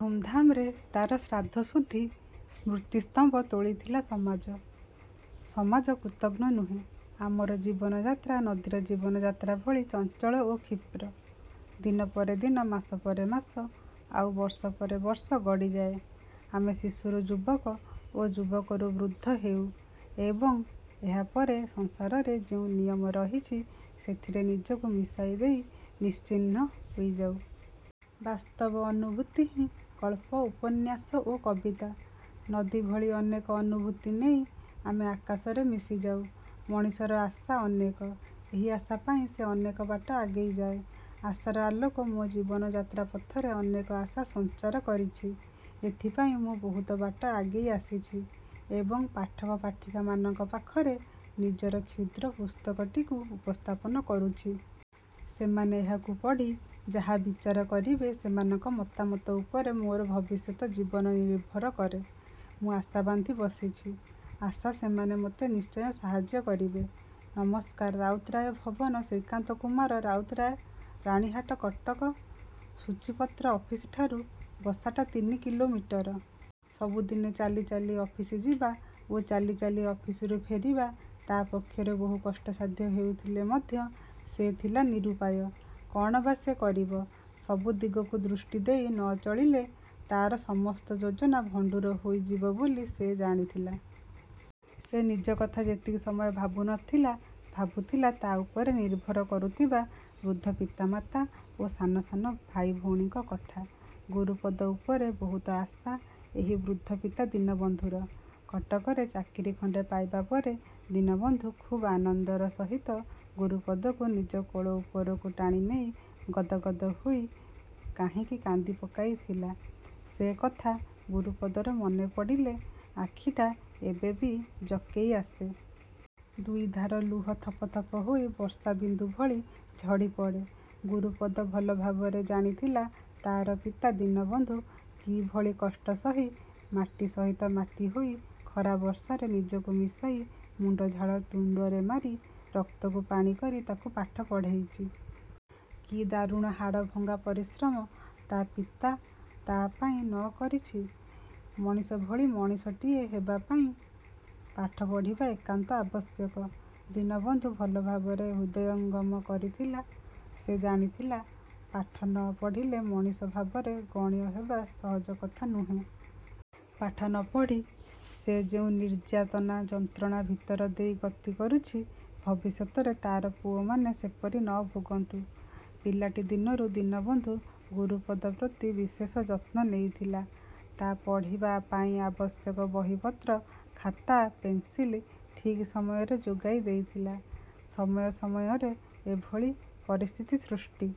ଧୁମ୍ଧାମରେ ତାର ଶ୍ରାଦ୍ଧ ଶୁଦ୍ଧି, ସ୍ମୃତି ସ୍ତମ୍ଭ ତୋଳିଥିଲା ସମାଜ। ସମାଜ କୃତଘ୍ନ ନୁହେଁ। ଆମର ଜୀବନ ଯାତ୍ରା ନଦୀର ଜୀବନ ଯାତ୍ରା ଭଳି ଚଞ୍ଚଳ ଓ କ୍ଷିପ୍ର। ଦିନ ପରେ ଦିନ, ମାସ ପରେ ମାସ ଆଉ ବର୍ଷ ପରେ ବର୍ଷ ଗଡ଼ିଯାଏ, ଆମେ ଶିଶୁରୁ ଯୁବକ ଓ ଯୁବକରୁ ବୃଦ୍ଧ ହେଉ ଏବଂ ଏହାପରେ ସଂସାରରେ ଯେଉଁ ନିୟମ ରହିଛି ସେଥିରେ ନିଜକୁ ମିଶାଇ ଦେଇ ନିଶ୍ଚିହ୍ନ ହୋଇଯାଉ। ବାସ୍ତବ ଅନୁଭୂତି ହିଁ ଗଳ୍ପ, ଉପନ୍ୟାସ ଓ କବିତା। ନଦୀ ଭଳି ଅନେକ ଅନୁଭୂତି ନେଇ ଆମେ ଆକାଶରେ ମିଶିଯାଉ। ମଣିଷର ଆଶା ଅନେକ, ଏହି ଆଶା ପାଇଁ ସେ ଅନେକ ବାଟ ଆଗେଇ ଯାଏ। ଆଶାର ଆଲୋକ ମୋ ଜୀବନ ଯାତ୍ରା ପଥରେ ଅନେକ ଆଶା ସଞ୍ଚାର କରିଛି, ଏଥିପାଇଁ ମୁଁ ବହୁତ ବାଟ ଆଗେଇ ଆସିଛି ଏବଂ ପାଠକ ପାଠିକାମାନଙ୍କ ପାଖରେ ନିଜର କ୍ଷୁଦ୍ର ପୁସ୍ତକଟିକୁ ଉପସ୍ଥାପନ କରୁଛି। ସେମାନେ ଏହାକୁ ପଢ଼ି ଯାହା ବିଚାର କରିବେ ସେହିମାନଙ୍କ ମତାମତ ଉପରେ ମୋର ଭବିଷ୍ୟତ ଜୀବନ ନିର୍ଭର କରେ, ମୁଁ ଆଶା ବାନ୍ଧି ବସିଛି। ଆଶା, ସେମାନେ ମୋତେ ନିଶ୍ଚୟ ସାହାଯ୍ୟ କରିବେ। ନମସ୍କାର। ରାଉତରାୟ ଭବନ ଶ୍ରୀକାନ୍ତ କୁମାର ରାଉତରାୟ ରାଣୀହାଟ, କଟକ- ସୂଚୀପତ୍ର ଅଫିସଠାରୁ ବସାଟା ତିନି କିଲୋମିଟର। ସବୁଦିନେ ଚାଲି ଚାଲି ଅଫିସ ଯିବା ଓ ଚାଲି ଚାଲି ଅଫିସରୁ ଫେରିବା ତା' ପକ୍ଷରେ ବହୁ କଷ୍ଟସାଧ୍ୟ ହେଉଥିଲେ ମଧ୍ୟ ସେ ଥିଲା ନିରୂପାୟ। କ'ଣ ବା ସେ କରିବ? ସବୁ ଦିଗକୁ ଦୃଷ୍ଟି ଦେଇ ନ ଚଳିଲେ ତା'ର ସମସ୍ତ ଯୋଜନା ଭଣ୍ଡୁର ହୋଇଯିବ ବୋଲି ସେ ଜାଣି ଥିଲା। ସେ ନିଜକଥା ଯେତିକି ସମୟ ଭାବୁ ନ ଥିଲା, ଭାବୁଥିଲା ତା' ଉପରେ ନିର୍ଭର କରୁଥିବା ବୃଦ୍ଧ ପିତା ମାତା ଓ ସାନ ସାନ ଭାଇ ଭଉଣୀଙ୍କ କଥା। ଗୁରୁପଦ ଉପରେ ବହୁତ ଆଶା ଏହି ବୃଦ୍ଧ ପିତା ଦୀନବନ୍ଧୁର। କଟକରେ ଚାକିରି ଖଣ୍ଡେ ପାଇବା ପରେ, ଦୀନବନ୍ଧୁ ଖୁବ୍ ଆନନ୍ଦର ସହିତ ଗୁରୁପଦକୁ ନିଜ କୋଳ ଉପରକୁ ଟାଣି ନେଇ ଗଦଗଦ ହୋଇ କାହିଁକି କାନ୍ଦିପକାଇ ଥିଲା, ସେ କଥା ଗୁରୁପଦର ମନେ ପଡ଼ିଲେ ଆଖିଟା ଏବେ ବି ଜକେଇ ଆସେ। ଦୁଇଧାର ଲୁହ ଥପ ଥପ ହୋଇ ବର୍ଷା ବିନ୍ଦୁଭଳି ଝଡ଼ି ପଡ଼େ। ଗୁରୁପଦ ଭଲ ଭାବରେ ଜାଣି ଥିଲା ତା'ର ପିତା ଦୀନବନ୍ଧୁ କିଭଳି କଷ୍ଟ ସହି, ମାଟି ସହିତ ମାଟି ହୋଇ ଖରା ବର୍ଷାରେ ନିଜକୁ ମିଶାଇ, ମୁଣ୍ଡ ଝାଳ ତୁଣ୍ଡରେ ମାରି, ରକ୍ତକୁ ପାଣି କରି ତା'କୁ ପାଠ ପଢ଼େଇଛି। କି ଦାରୁଣ ହାଡ଼ଭଙ୍ଗା ପରିଶ୍ରମ ତା' ପିତା ତା' ପାଇଁ ନ କରିଛି? ମଣିଷ ଭଳି ମଣିଷଟିଏ ହେବାପାଇଁ ପାଠ ପଢ଼ିବା ଏକାନ୍ତ ଆବଶ୍ୟକ, ଦୀନବନ୍ଧୁ ଭଲ ଭାବରେ ହୃଦୟଙ୍ଗମ କରିଥିଲା। ସେ ଜାଣିଥିଲା ପାଠ ନ ପଢ଼ିଲେ ମଣିଷ ଭାବରେ ଗଣ୍ୟ ହେବା ସହଜ କଥା ନୁହେଁ। ପାଠ ନ ପଢ଼ି ସେ ଯେଉଁ ନିର୍ଯ୍ୟାତନା ଯନ୍ତ୍ରଣା ଭିତର ଦେଇ ଗତି କରୁଛି, ଭବିଷ୍ୟତରେ ତା'ର ପୁଅମାନେ ସେପରି ନ ଭୋଗନ୍ତୁ। ପିଲାଟି ଦିନରୁ ଦୀନବନ୍ଧୁ ଗୁରୁପଦ ପ୍ରତି ବିଶେଷ ଯତ୍ନ ନେଇଥିଲା। ତା' ପଢ଼ିବା ପାଇଁ ଆବଶ୍ୟକ ବହିପତ୍ର, ଖାତା, ପେନସିଲ ଠିକ୍ ସମୟରେ ଯୋଗାଇ ଦେଇଥିଲା। ସମୟ ସମୟରେ ଏଭଳି ପରିସ୍ଥିତି ସୃଷ୍ଟି